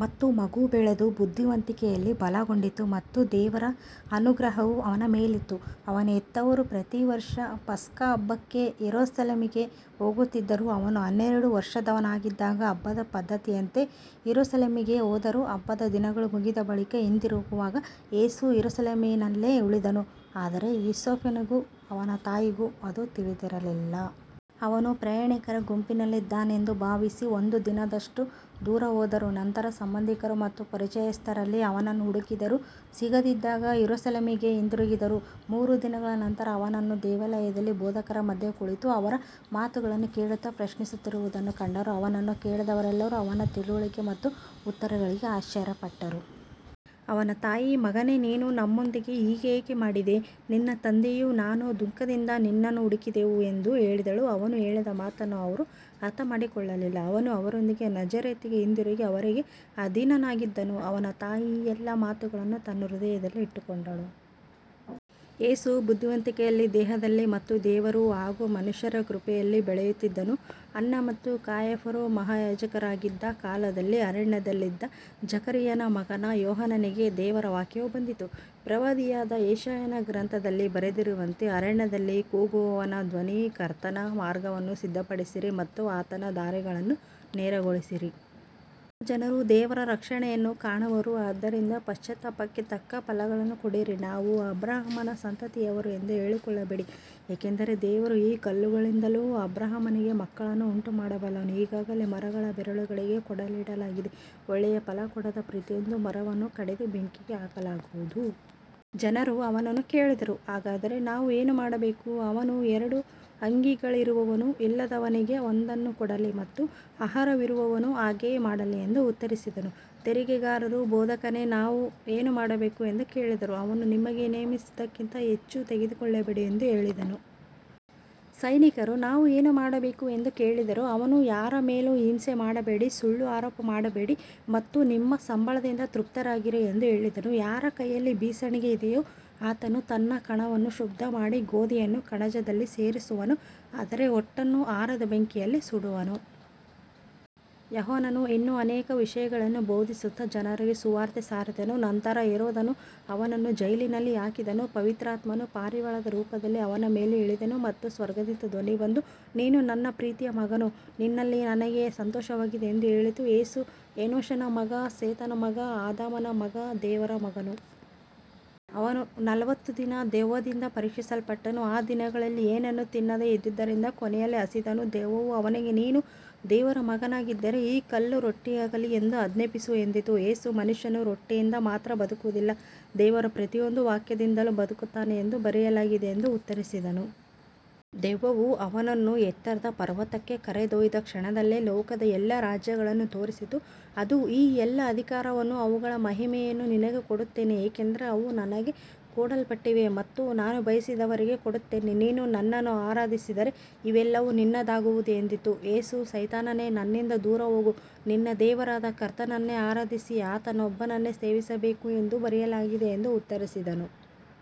ಮತ್ತು ಮಗು ಬೆಳೆದು ಬುದ್ಧಿವಂತಿಕೆಯಲ್ಲಿ ಬಲಗೊಂಡಿತು ಮತ್ತು ದೇವರ ಅನುಗ್ರಹವು ಅವನ ಮೇಲಿತ್ತು. ಅವನ ಹೆತ್ತವರು ಪ್ರತಿವರ್ಷ ಪಸ್ಕಹಬ್ಬಕ್ಕೆ ಯೆರೂಸಲೇಮಿಗೆ ಹೋಗುತ್ತಿದ್ದರು. ಅವನು ಹನ್ನೆರಡು ವರ್ಷದವನಾಗಿದ್ದಾಗ ಹಬ್ಬದ ಪದ್ಧತಿಯಂತೆ ಯೆರೂಸಲೇಮಿಗೆ ಹೋದರು. ಹಬ್ಬದ ದಿನಗಳು ಮುಗಿದ ಬಳಿಕ ಹಿಂದಿರುಗುವಾಗ ಯೇಸು ಯೆರೂಸಲೇಮಿನಲ್ಲೇ ಉಳಿದನು, ಆದರೆ ಯೋಸೇಫನಿಗೂ ಅವನ ತಾಯಿಗೂ ಅದು ತಿಳಿದಿರಲಿಲ್ಲ. ಅವನು ಪ್ರಯಾಣಿಕರ ಗುಂಪಿನಲ್ಲಿದ್ದಾನೆಂದು ಭಾವಿಸಿ ಒಂದು ದಿನದಷ್ಟು ದೂರ ಹೋದರು. ನಂತರ ಸಂಬಂಧಿಕರು ಮತ್ತು ಪರಿಚಯಸ್ಥರಲ್ಲಿ ಅವನನ್ನು ಹುಡುಕಿದರು. ಸಿಗದಿದ್ದಾಗ ಯೆರೂಸಲೇಮಿಗೆ ಹಿಂದಿರುಗಿದರು. ಮೂರು ದಿನಗಳ ನಂತರ ಅವನನ್ನು ದೇವಾಲಯದಲ್ಲಿ ಬೋಧಕರ ಮಧ್ಯೆ ಕುಳಿತು ಅವರ ಮಾತುಗಳನ್ನು ಕೇಳುತ್ತಾ ಪ್ರಶ್ನಿಸುತ್ತಿರುವುದನ್ನು ಕಂಡರು. ಅವನನ್ನು ಕೇಳಿದವರೆಲ್ಲರೂ ಅವನ ತಿಳುವಳಿಕೆ ಮತ್ತು ಉತ್ತರಗಳಿಗೆ ಆಶ್ಚರ್ಯಪಟ್ಟರು. ಅವನ ತಾಯಿ, ಮಗನೇ, ನೀನು ನಮ್ಮೊಂದಿಗೆ ಹೀಗೆ ಏಕೆ ಮಾಡಿದೆ? ನಿನ್ನ ತಂದೆಯೂ ನಾನೂ ದುಃಖದಿಂದ ನಿನ್ನನ್ನು ಹುಡುಕಿದೆವು ಎಂದು ಹೇಳಿದಳು. ಅವನು ಹೇಳಿದ ಮಾತನ್ನು ಅವರು ಅರ್ಥಮಾಡಿಕೊಳ್ಳಲಿಲ್ಲ. ಅವನು ಅವರೊಂದಿಗೆ ನಜರೇತಿಗೆ ಹಿಂದಿರುಗಿ ಅವರಿಗೆ ಅಧೀನನಾಗಿದ್ದನು. ಅವನ ತಾಯಿ ಈ ಎಲ್ಲಾ ಮಾತುಗಳನ್ನು ತನ್ನ ಹೃದಯದಲ್ಲಿ ಇಟ್ಟುಕೊಂಡಳು. ಯೇಸು ಬುದ್ಧಿವಂತಿಕೆಯಲ್ಲಿ, ದೇಹದಲ್ಲಿ ಮತ್ತು ದೇವರು ಹಾಗೂ ಮನುಷ್ಯರ ಕೃಪೆಯಲ್ಲಿ ಬೆಳೆಯುತ್ತಿದ್ದನು. ಅನ್ನ ಮತ್ತು ಕಾಯಫರು ಮಹಾಯಾಜಕರಾಗಿದ್ದ ಕಾಲದಲ್ಲಿ ಅರಣ್ಯದಲ್ಲಿದ್ದ ಜಕರೀಯನ ಮಗ ಯೋಹಾನನಿಗೆ ದೇವರ ವಾಕ್ಯವು ಬಂದಿತು. ಪ್ರವಾದಿಯಾದ ಯೆಶಾಯನ ಗ್ರಂಥದಲ್ಲಿ ಬರೆದಿರುವಂತೆ, ಅರಣ್ಯದಲ್ಲಿ ಕೂಗುವವನ ಧ್ವನಿ, ಕರ್ತನ ಮಾರ್ಗವನ್ನು ಸಿದ್ಧಪಡಿಸಿರಿ ಮತ್ತು ಆತನ ದಾರಿಗಳನ್ನು ನೇರಗೊಳಿಸಿರಿ. ಎಲ್ಲಾ ಜನರೂ ದೇವರ ರಕ್ಷಣೆಯನ್ನು ಕಾಣುವರು. ಆದ್ದರಿಂದ ಪಶ್ಚಾತ್ತಾಪಕ್ಕೆ ತಕ್ಕ ಫಲಗಳನ್ನು ಕೊಡಿರಿ. ನಾವು ಅಬ್ರಹಾಮನ ಸಂತತಿಯವರು ಎಂದು ಹೇಳಿಕೊಳ್ಳಬೇಡಿ, ಏಕೆಂದರೆ ದೇವರು ಈ ಕಲ್ಲುಗಳಿಂದಲೂ ಅಬ್ರಹಾಮನಿಗೆ ಮಕ್ಕಳನ್ನು ಉಂಟುಮಾಡಬಲ್ಲನು. ಈಗಾಗಲೇ ಮರಗಳ ಬೇರುಗಳಿಗೆ ಕೊಡಲಿ ಇಡಲಾಗಿದೆ. ಒಳ್ಳೆಯ ಫಲ ಕೊಡದ ಪ್ರತಿಯೊಂದು ಮರವನ್ನು ಕಡಿದು ಬೆಂಕಿಗೆ ಹಾಕಲಾಗುವುದು. ಜನರು ಅವನನ್ನು ಕೇಳಿದರು, ಹಾಗಾದರೆ ನಾವು ಏನು ಮಾಡಬೇಕು? ಅವನು, ಎರಡು ಅಂಗಿಗಳಿರುವವನು ಇಲ್ಲದವನಿಗೆ ಒಂದನ್ನು ಕೊಡಲಿ ಮತ್ತು ಆಹಾರವಿರುವವನು ಹಾಗೆಯೇ ಮಾಡಲಿ ಎಂದು ಉತ್ತರಿಸಿದನು. ತೆರಿಗೆಗಾರರು, ಬೋಧಕನೇ, ನಾವು ಏನು ಮಾಡಬೇಕು ಎಂದು ಕೇಳಿದರು. ಅವನು, ನಿಮಗೆ ನೇಮಿಸಿದಕ್ಕಿಂತ ಹೆಚ್ಚು ತೆಗೆದುಕೊಳ್ಳಬೇಡಿ ಎಂದು ಹೇಳಿದನು. ಸೈನಿಕರೂ ನಾವು ಏನು ಮಾಡಬೇಕು ಎಂದು ಕೇಳಿದರು. ಅವನು, ಯಾರ ಮೇಲೂ ಹಿಂಸೆ ಮಾಡಬೇಡಿ, ಸುಳ್ಳು ಆರೋಪ ಮಾಡಬೇಡಿ ಮತ್ತು ನಿಮ್ಮ ಸಂಬಳದಿಂದ ತೃಪ್ತರಾಗಿರಿ ಎಂದು ಹೇಳಿದನು. ಯಾರ ಕೈಯಲ್ಲಿ ಬೀಸಣಿಗೆ ಇದೆಯೋ ಆತನು ತನ್ನ ಕಣವನ್ನು ಶುದ್ಧಮಾಡಿ ಗೋಧಿಯನ್ನು ಕಣಜದಲ್ಲಿ ಸೇರಿಸುವನು, ಆದರೆ ಹೊಟ್ಟನ್ನು ಆರದ ಬೆಂಕಿಯಲ್ಲಿ ಸುಡುವನು. ಯೋಹಾನನು ಇನ್ನೂ ಅನೇಕ ವಿಷಯಗಳನ್ನು ಬೋಧಿಸುತ್ತಾ ಜನರಿಗೆ ಸುವಾರ್ತೆ ಸಾರಿದನು. ನಂತರ ಹೆರೋದನು ಅವನನ್ನು ಜೈಲಿನಲ್ಲಿ ಹಾಕಿದನು. ಪವಿತ್ರಾತ್ಮನು ಪಾರಿವಾಳದ ರೂಪದಲ್ಲಿ ಅವನ ಮೇಲೆ ಇಳಿದನು ಮತ್ತು ಸ್ವರ್ಗದಿಂದ ಧ್ವನಿ ಬಂದು, ನೀನು ನನ್ನ ಪ್ರೀತಿಯ ಮಗನು, ನಿನ್ನಲ್ಲಿ ನನಗೆ ಸಂತೋಷವಾಗಿದೆ ಎಂದು ಹೇಳಿತು. ಯೇಸು ಎನೋಷನ ಮಗ, ಸೇತನ ಮಗ, ಆದಾಮನ ಮಗ, ದೇವರ ಮಗನು. ಅವನು ನಲವತ್ತು ದಿನ ದೆವ್ವದಿಂದ ಪರೀಕ್ಷಿಸಲ್ಪಟ್ಟನು. ಆ ದಿನಗಳಲ್ಲಿ ಏನನ್ನೂ ತಿನ್ನದೆ ಇದ್ದುದರಿಂದ ಕೊನೆಯಲ್ಲಿ ಹಸಿದನು. ದೆವ್ವವು ಅವನಿಗೆ, ನೀನು ದೇವರ ಮಗನಾಗಿದ್ದರೆ ಈ ಕಲ್ಲು ರೊಟ್ಟಿಯಾಗಲಿ ಎಂದು ಆಜ್ಞಾಪಿಸು ಎಂದಿತು. ಯೇಸು, ಮನುಷ್ಯನು ರೊಟ್ಟಿಯಿಂದ ಮಾತ್ರ ಬದುಕುವುದಿಲ್ಲ, ದೇವರ ಪ್ರತಿಯೊಂದು ವಾಕ್ಯದಿಂದಲೂ ಬದುಕುತ್ತಾನೆ ಎಂದು ಬರೆಯಲಾಗಿದೆ ಎಂದು ಉತ್ತರಿಸಿದನು. ದೆವ್ವವು ಅವನನ್ನು ಎತ್ತರದ ಪರ್ವತಕ್ಕೆ ಕರೆದೊಯ್ದು ಕ್ಷಣದಲ್ಲೇ ಲೋಕದ ಎಲ್ಲಾ ರಾಜ್ಯಗಳನ್ನು ತೋರಿಸಿತು. ಅದು, ಈ ಎಲ್ಲಾ ಅಧಿಕಾರವನ್ನೂ ಅವುಗಳ ಮಹಿಮೆಯನ್ನೂ ನಿನಗೆ ಕೊಡುತ್ತೇನೆ, ಏಕೆಂದರೆ ಅವು ನನಗೆ ಕೊಡಲ್ಪಟ್ಟಿವೆ ಮತ್ತು ನಾನು ಬಯಸಿದವರಿಗೆ ಕೊಡುತ್ತೇನೆ. ನೀನು ನನ್ನನ್ನು ಆರಾಧಿಸಿದರೆ ಇವೆಲ್ಲವೂ ನಿನ್ನದಾಗುವುದು ಎಂದಿತು. ಯೇಸು, ಸೈತಾನನೇ, ನನ್ನಿಂದ ದೂರ ಹೋಗು, ನಿನ್ನ ದೇವರಾದ ಕರ್ತನನ್ನೇ ಆರಾಧಿಸಿ ಆತನೊಬ್ಬನನ್ನೇ ಸೇವಿಸಬೇಕು ಎಂದು ಬರೆಯಲಾಗಿದೆ ಎಂದು ಉತ್ತರಿಸಿದನು.